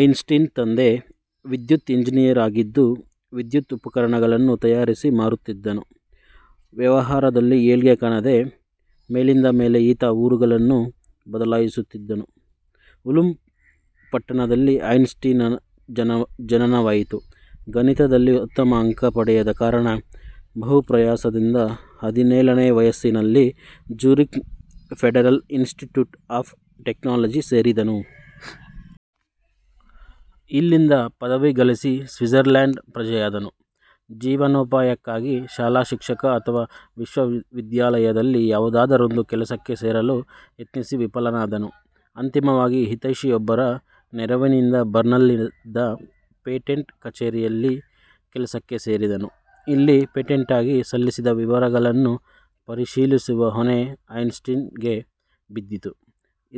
ಐನ್ ಸ್ಟೀನ್ ತಂದೆ ವಿದ್ಯುತ್ ಇಂಜಿನಿಯರ್ ಆಗಿದ್ದು ವಿದ್ಯುತ್ ಉಪಕರಣಗಳನ್ನು ತಯಾರಿಸಿ ಮಾರುತ್ತಿದ್ದನು. ವ್ಯವಹಾರದಲ್ಲಿ ಏಳ್ಗೆ ಕಾಣದೆ, ಮೇಲಿಂದ ಮೇಲೆ ಈತ ಊರುಗಳನ್ನು ಬದಲಾಯಿಸುತ್ತಿದ್ದನು. ಉಲ್ಮ್ ಪಟ್ಟಣದಲ್ಲಿ ಐನ್ಸ್ ಟೀನ್ನ ಜನನವಾಯಿತು. ಗಣಿತದಲ್ಲಿ ಉತ್ತಮ ಅಂಕ ಪಡೆಯದ ಕಾರಣ, ಬಹು ಪ್ರಯಾಸದಿಂದ ಹದಿನೇಳನೇ ವಯಸ್ಸಿನಲ್ಲಿ ಝೂರಿಕ್ನ ಫೆಡರಲ್ ಇನ್ಸ್ಟಿಟ್ಯೂಟ್ ಆಫ್ ಟೆಕ್ನಾಲಜಿ ಸೇರಿದನು. ಇಲ್ಲಿಂದ ಪದವಿ ಗಳಿಸಿ ಸ್ವಿಟ್ಸರ್ಲ್ಯಾಂಡ್ ಪ್ರಜೆಯಾದನು. ಜೀವನೋಪಾಯಕ್ಕಾಗಿ ಶಾಲಾ ಶಿಕ್ಷಕ ಅಥವಾ ವಿಶ್ವವಿದ್ಯಾಲಯದಲ್ಲಿ ಯಾವುದಾದರೊಂದು ಕೆಲಸಕ್ಕೆ ಸೇರಲು ಯತ್ನಿಸಿ ವಿಫಲನಾದನು. ಅಂತಿಮವಾಗಿ ಹಿತೈಷಿಯೊಬ್ಬರ ನೆರವಿನಿಂದ ಬರ್ನ್ನಲ್ಲಿದ್ದ ಪೇಟೆಂಟ್ ಕಛೇರಿಯಲ್ಲಿ ಕೆಲಸಕ್ಕೆ ಸೇರಿದನು. ಇಲ್ಲಿ ಪೇಟೆಂಟ್ಗಾಗಿ ಸಲ್ಲಿಸಿದ ವಿವರಗಳನ್ನು ಪರಿಶೀಲಿಸುವ ಹೊಣೆ ಐನ್ಸ್ ಟೀನ್ಗೆ ಬಿದ್ದಿತು.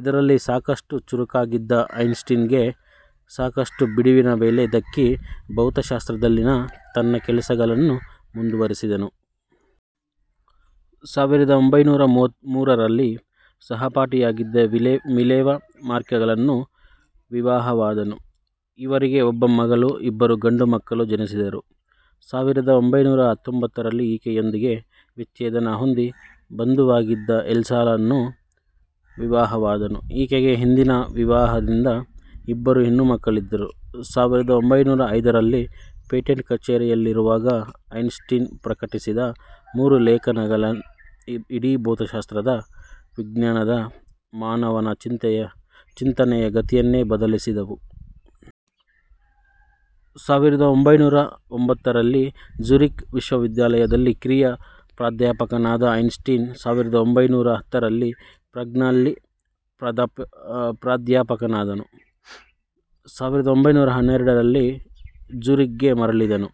ಇದರಲ್ಲಿ ಸಾಕಷ್ಟು ಚುರುಕಾಗಿದ್ದ ಐನ್ಸ್ ಟೀನ್ಗೆ ಸಾಕಷ್ಟು ಬಿಡುವಿನ ವೇಳೆ ದಕ್ಕಿ ಭೌತಶಾಸ್ತ್ರದಲ್ಲಿನ ತನ್ನ ಕೆಲಸಗಳನ್ನು ಮುಂದುವರೆಸಿದನು. ಸಾವಿರದ ಒಂಭೈನೂರ ಮೂರರಲ್ಲಿ ಸಹಪಾಠಿಯಾಗಿದ್ದ ಮಿಲೆವಾ ಮಾರಿಕ್ಗಳನ್ನು ವಿವಾಹವಾದನು. ಇವರಿಗೆ ಒಬ್ಬ ಮಗಳು, ಇಬ್ಬರು ಗಂಡು ಮಕ್ಕಳು ಜನಿಸಿದರು. ಸಾವಿರದ ಒಂಭೈನೂರ ಹತ್ತೊಂಬತ್ತರಲ್ಲಿ ಈಕೆಯೊಂದಿಗೆ ವಿಚ್ಛೇದನ ಹೊಂದಿ, ಬಂಧುವಾಗಿದ್ದ ಎಲ್ಸಾಳನ್ನು ವಿವಾಹವಾದನು. ಈಕೆಗೆ ಹಿಂದಿನ ವಿವಾಹದಿಂದ ಇಬ್ಬರು ಹೆಣ್ಣುಮಕ್ಕಳಿದ್ದರು. ಸಾವಿರದ ಒಂಭೈನೂರ ಐದರಲ್ಲಿ ಪೇಟೆಂಟ್ ಕಛೇರಿಯಲ್ಲಿರುವಾಗ ಐನ್ ಸ್ಟೀನ್ ಪ್ರಕಟಿಸಿದ ಮೂರು ಲೇಖನಗಳು ಇಡೀ ಭೌತಶಾಸ್ತ್ರದ, ವಿಜ್ಞಾನದ, ಮಾನವನ ಚಿಂತನೆಯ ಗತಿಯನ್ನೇ ಬದಲಿಸಿದವು. ಸಾವಿರದ ಒಂಭೈನೂರ ಒಂಭತ್ತರಲ್ಲಿ ಝೂರಿಕ್ ವಿಶ್ವವಿದ್ಯಾಲಯದಲ್ಲಿ ಕಿರಿಯ ಪ್ರಾಧ್ಯಾಪಕನಾದ ಐನ್ ಸ್ಟೀನ್ ಸಾವಿರದ ಒಂಭೈನೂರ ಹತ್ತರಲ್ಲಿ ಪ್ರಾಗ್ನಲ್ಲಿ ಪ್ರಾಧ್ಯಾಪಕನಾದನು. ಸಾವಿರದ ಒಂಭೈನೂರ ಹನ್ನೆರಡರಲ್ಲಿ ಝೂರಿಕ್ಗೆ ಮರಳಿದನು.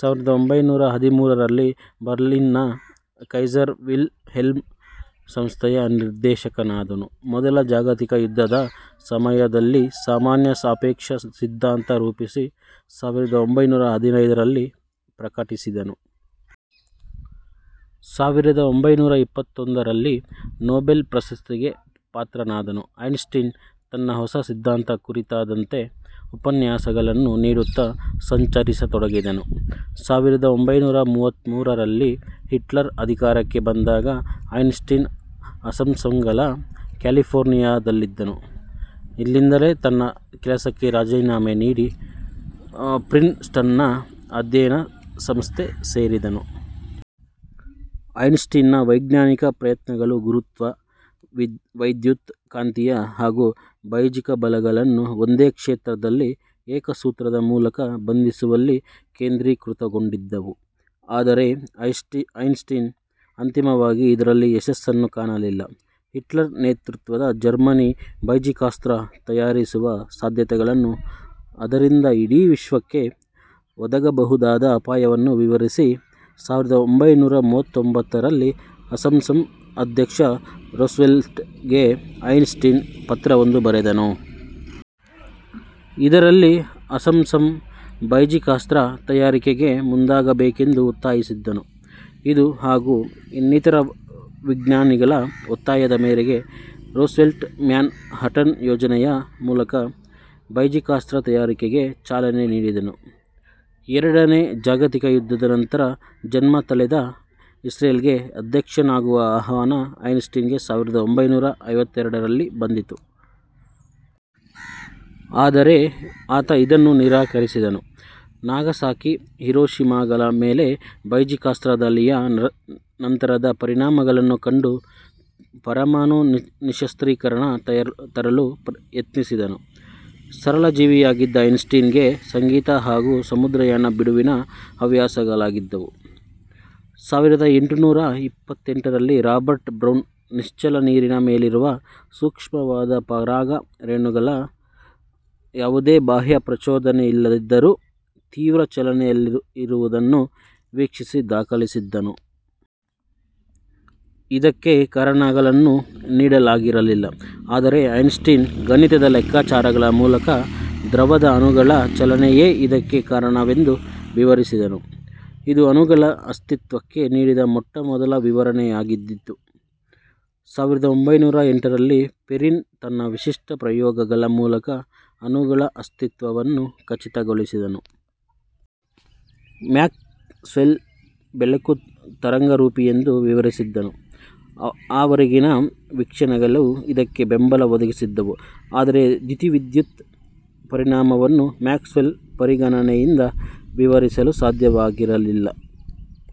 ಸಾವಿರದ ಒಂಭೈನೂರ ಹದಿಮೂರರಲ್ಲಿ ಬರ್ಲಿನ್ನ ಕೈಸರ್ ವಿಲ್ ಹೆಲ್ಮ್ ಸಂಸ್ಥೆಯ ನಿರ್ದೇಶಕನಾದನು. ಮೊದಲ ಜಾಗತಿಕ ಯುದ್ಧದ ಸಮಯದಲ್ಲಿ ಸಾಮಾನ್ಯ ಸಾಪೇಕ್ಷ ಸಿದ್ಧಾಂತ ರೂಪಿಸಿ ಸಾವಿರದ ಒಂಭೈನೂರ ಹದಿನೈದರಲ್ಲಿ ಪ್ರಕಟಿಸಿದನು. ಸಾವಿರದ ಒಂಭೈನೂರ ಇಪ್ಪತ್ತೊಂದರಲ್ಲಿ ನೊಬೆಲ್ ಪ್ರಶಸ್ತಿಗೆ ಪಾತ್ರನಾದನು. ಐನ್ ಸ್ಟೀನ್, ತನ್ನ ಹೊಸ ಸಿದ್ಧಾಂತ ಕುರಿತಾದಂತೆ ಉಪನ್ಯಾಸಗಳನ್ನು ನೀಡುತ್ತಾ ಸಂಚರಿಸತೊಡಗಿದನು. ಸಾವಿರದ ಒಂಭೈನೂರ ಮೂವತ್ಮೂರರಲ್ಲಿ ಹಿಟ್ಲರ್ ಅಧಿಕಾರಕ್ಕೆ ಬಂದಾಗ ಐನ್ ಸ್ಟೀನ್ ಅಸಂಸಂಗಳ ಕ್ಯಾಲಿಫೋರ್ನಿಯಾದಲ್ಲಿದ್ದನು. ಇಲ್ಲಿಂದಲೇ ತನ್ನ ಕೆಲಸಕ್ಕೆ ರಾಜಿನಾಮೆ ನೀಡಿ, ಪ್ರಿನ್ ಸ್ಟನ್ನ ಅಧ್ಯಯನ ಸಂಸ್ಥೆ ಸೇರಿದನು. ಐನ್ ಸ್ಟೀನ್ನ ವೈಜ್ಞಾನಿಕ ಪ್ರಯತ್ನಗಳು ಗುರುತ್ವ, ವೈದ್ಯುತ್ ಕಾಂತೀಯ ಹಾಗೂ ಬೈಜಿಕ ಬಲಗಳನ್ನು ಒಂದೇ ಕ್ಷೇತ್ರದಲ್ಲಿ ಏಕ ಸೂತ್ರದ ಮೂಲಕ ಬಂಧಿಸುವಲ್ಲಿ ಕೇಂದ್ರಿಕೃತಗೊಂಡಿದ್ದವು. ಆದರೆ ಐನ್ಸ್ಟೀನ್ ಅಂತಿಮವಾಗಿ ಇದರಲ್ಲಿ ಯಶಸ್ಸನ್ನು ಕಾಣಲಿಲ್ಲ. ಹಿಟ್ಲರ್ ನೇತೃತ್ವದ ಜರ್ಮನಿ ಬೈಜಿಕಾಸ್ತ್ರ ತಯಾರಿಸುವ ಸಾಧ್ಯತೆಗಳನ್ನು ಅದರಿಂದ ಇಡೀ ವಿಶ್ವಕ್ಕೆ ಒದಗಬಹುದಾದ ಅಪಾಯವನ್ನು ವಿವರಿಸಿ, ಸಾವಿರದ ಒಂಭೈನೂರ ಮೂವತೊಂಬತ್ತರಲ್ಲಿ ಅಸಂಸಂ ಅಧ್ಯಕ್ಷ ರೂಸ್ವೆಲ್ಟ್ ಗೆ ಐನ್ ಸ್ಟೀನ್ ಪತ್ರವೊಂದನ್ನು ಬರೆದನು. ಇದರಲ್ಲಿ ಅಸಂಸಂ ಬೈಜಿಕಾಸ್ತ್ರ ತಯಾರಿಕೆಗೆ ಮುಂದಾಗಬೇಕೆಂದು ಒತ್ತಾಯಿಸಿದ್ದನು. ಇದು ಹಾಗೂ ಇನ್ನಿತರ ವಿಜ್ಞಾನಿಗಳ ಒತ್ತಾಯದ ಮೇರೆಗೆ ರೂಸ್ವೆಲ್ಟ್ ಮ್ಯಾನ್ ಹಟನ್ ಯೋಜನೆಯ ಮೂಲಕ ಬೈಜಿಕಾಸ್ತ್ರ ತಯಾರಿಕೆಗೆ ಚಾಲನೆ ನೀಡಿದನು. ಎರಡನೇ ಜಾಗತಿಕ ಯುದ್ದದ ನಂತರ ಜನ್ಮ ತಳೆದ ಇಸ್ರೇಲ್ಗೆ ಅಧ್ಯಕ್ಷನಾಗುವ ಆಹ್ವಾನ ಐನ್ ಸ್ಟೀನ್ಗೆ ಸಾವಿರದ ಒಂಭೈನೂರ ಐವತ್ತೆರಡರಲ್ಲಿ ಬಂದಿತು. ಆದರೆ ಆತ ಇದನ್ನು ನಿರಾಕರಸಿದನು. ನಾಗಸಾಕಿ, ಹಿರೋಷಿಮಾಗಳ ಮೇಲೆ ಬೈಜಿಕಾಸ್ತ್ರ ದಾಳಿಯ ನಂತರದ ಪರಿಣಾಮಗಳನ್ನು ಕಂಡು ಪರಮಾಣು ನಿಶ್ಯಸ್ತ್ರೀಕರಣ ತರಲು ಯತ್ನಿಸಿದನು. ಸರಳ ಜೀವಿಯಾಗಿದ್ದ ಐನ್ ಸ್ಟೀನ್ ಗೆ ಸಂಗೀತ ಹಾಗೂ ಸಮುದ್ರಯಾನ ಬಿಡುವಿನ ಹವ್ಯಾಸಗಳಾಗಿದ್ದವು. ಸಾವಿರದ ಎಂಟು ನೂರ ಇಪ್ಪತ್ತೆಂಟರಲ್ಲಿ ರಾಬರ್ಟ್ ಬ್ರೌನ್, ನಿಶ್ಚಲ ನೀರಿನ ಮೇಲಿರುವ ಸೂಕ್ಷ್ಮವಾದ ಪರಾಗ ರೇಣುಗಳು ಯಾವುದೇ ಬಾಹ್ಯ ಪ್ರಚೋದನೆಯಿಲ್ಲದಿದ್ದರೂ, ತೀವ್ರ ಚಲನೆಯಲ್ಲಿರುವುದನ್ನು ವೀಕ್ಷಿಸಿ ದಾಖಲಿಸಿದ್ದನು. ಇದಕ್ಕೆ ಕಾರಣಗಳನ್ನು ನೀಡಲಾಗಿರಲಿಲ್ಲ.. ಆದರೆ ಐನ್ ಸ್ಟೀನ್ ಗಣಿತದ ಲೆಕ್ಕಾಚಾರಗಳ ಮೂಲಕ ದ್ರವದ ಅಣುಗಳ ಚಲನೆಯೇ ಇದಕ್ಕೆ ಕಾರಣವೆಂದು ವಿವರಿಸಿದನು. ಇದು ಅಣುಗಳ ಅಸ್ತಿತ್ವಕ್ಕೆ ನೀಡಿದ ಮೊಟ್ಟ ಮೊದಲ ವಿವರಣೆಯಾಗಿದ್ದಿತು. ಸಾವಿರದ ಒಂಭೈನೂರ ಎಂಟರಲ್ಲಿ ಪೆರಿನ್ ತನ್ನ ವಿಶಿಷ್ಟ ಪ್ರಯೋಗಗಳ ಮೂಲಕ ಅಣುಗಳ ಅಸ್ತಿತ್ವವನ್ನು ಖಚಿತಗೊಳಿಸಿದನು. ಮ್ಯಾಕ್ ಸ್ವೆಲ್ ಬೆಳಕು ತರಂಗರೂಪಿಯೆಂದು ವಿವರಿಸಿದ್ದನು. ಆವರೆಗಿನ ವೀಕ್ಷಣೆಗಳು ಇದಕ್ಕೆ ಬೆಂಬಲ ಒದಗಿಸಿದ್ದವು. ಆದರೆ ದ್ಯುತಿವೈದ್ಯುತ್ ಪರಿಣಾಮವನ್ನು ಮ್ಯಾಕ್ಸ್'ವೆಲ್ ಪರಿಗಣನೆಯಿಂದ ವಿವರಿಸಲು ಸಾಧ್ಯವಾಗಿರಲಿಲ್ಲ,.